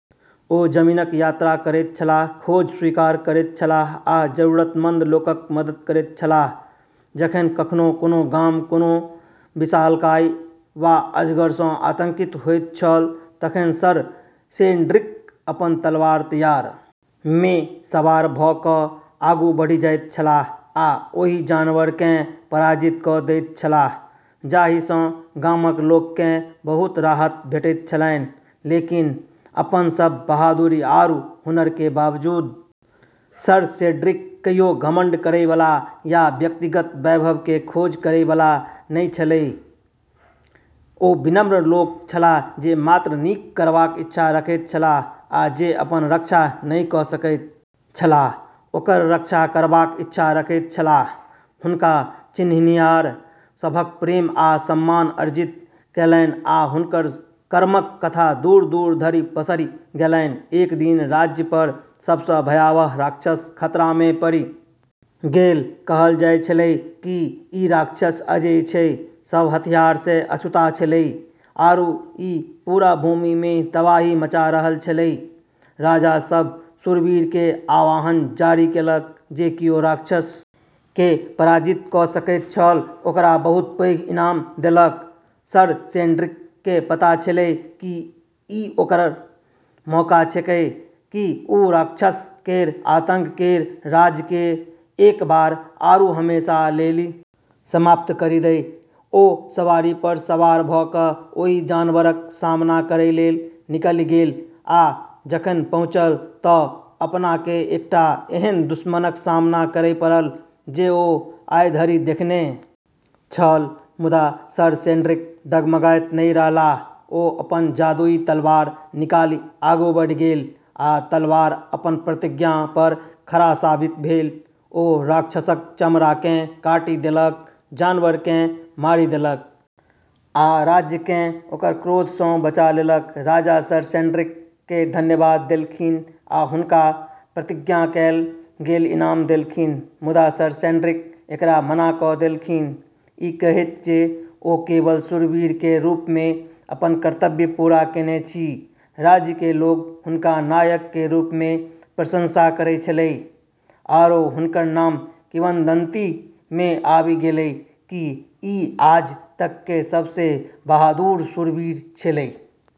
ओ जमीनक यात्रा करैत छलाह, खोज स्वीकार करैत छलाह आ जरूरतमंद लोकक मदद करैत छलाह जखन कखनो कोनो गाम कोनो विशालकाय वा अजगर सँ आतंकित होइत छल तखन सर सेड्रिक अपन तलवार तैयार मे सवार भ क आगू बढ़ि जाइत छलाह आ ओहि जानवर केँ पराजित क दैत छलाह, जाहि सँ गामक लोक केँ बहुत राहत भेटैत छलनि, लेकिन अपनऽ सब बहादुरी आरू हुनर के बावजूद सर सेड्रिक कहियो घमंड करै वाला या व्यक्तिगत वैभव के खोज करै वाला नै छेलै ओ विनम्र लोक छलाह जे मात्र नीक करबाक इच्छा रखैत छलाह आ जे अपन रक्षा नहि क सकैत छलाह ओकर रक्षा करबाक इच्छा रखैत छलाह, हुनका चिन्हनिहार सभक प्रेम आ सम्मान अर्जित कयलनि आ हुनकर कर्मक कथा दूर-दूर धरि पसरि गेलनि, एक दिन राज्य पर सबसँ भयावह राक्षस खतरा मे पड़ि गेल, कहलऽ जाय छेलै कि ई राक्षस अजेय छै, सब हथियार से अछूता छेलै आरू ई पूरा भूमि मे तबाही मचा रहलऽ छेलै, राजा सब शूरवीर के आह्वान जारी केलक जे कियो राक्षस के पराजित क सकैत छल ओकरा बहुत पैघ इनाम देलक, सर सेड्रिक के पता छेलै कि ई ओकरऽ मौका छेकै कि उ राक्षस केरऽ आतंक केरऽ राज के एक बार आरू हमेशा लेली समाप्त करी दै ओ सवारी पर सवार भ क ओहि जानवरक सामना करय लेल निकलि गेल आ जखन पहुँचल त अपना केँ एकटा एहन दुश्मनक सामना करय पड़ल जे ओ आइ धरि देखने छल मुदा सर सेड्रिक डगमगाइत नहि रहलाह ओ अपन जादुई तलवार निकालि आगू बढ़ि गेल आ तलवार अपन प्रतिज्ञा पर खरा साबित भेल ओ राक्षसक चमड़ा केँ काटि देलक, जानवर केँ मारि देलक आ राज्य केँ ओकर क्रोध सँ बचा लेलक, राजा सर सेड्रिक के धन्यवाद देलखिन आ हुनका प्रतिज्ञा कयल गेल इनाम देलखिन मुदा सर सेड्रिक एकरा मना क देलखिन, ई कहैत जे ओ केवल शूरवीर के रूप में अपन कर्तव्य पूरा केने छी राज्य के लोग हुनका नायक के रूप में प्रशंसा करै छेलै आरो हुनकऽ नाम किंवदंती में आबी गेलै कि ई आज तक के सबसें बहादुर शूरवीर छेलै।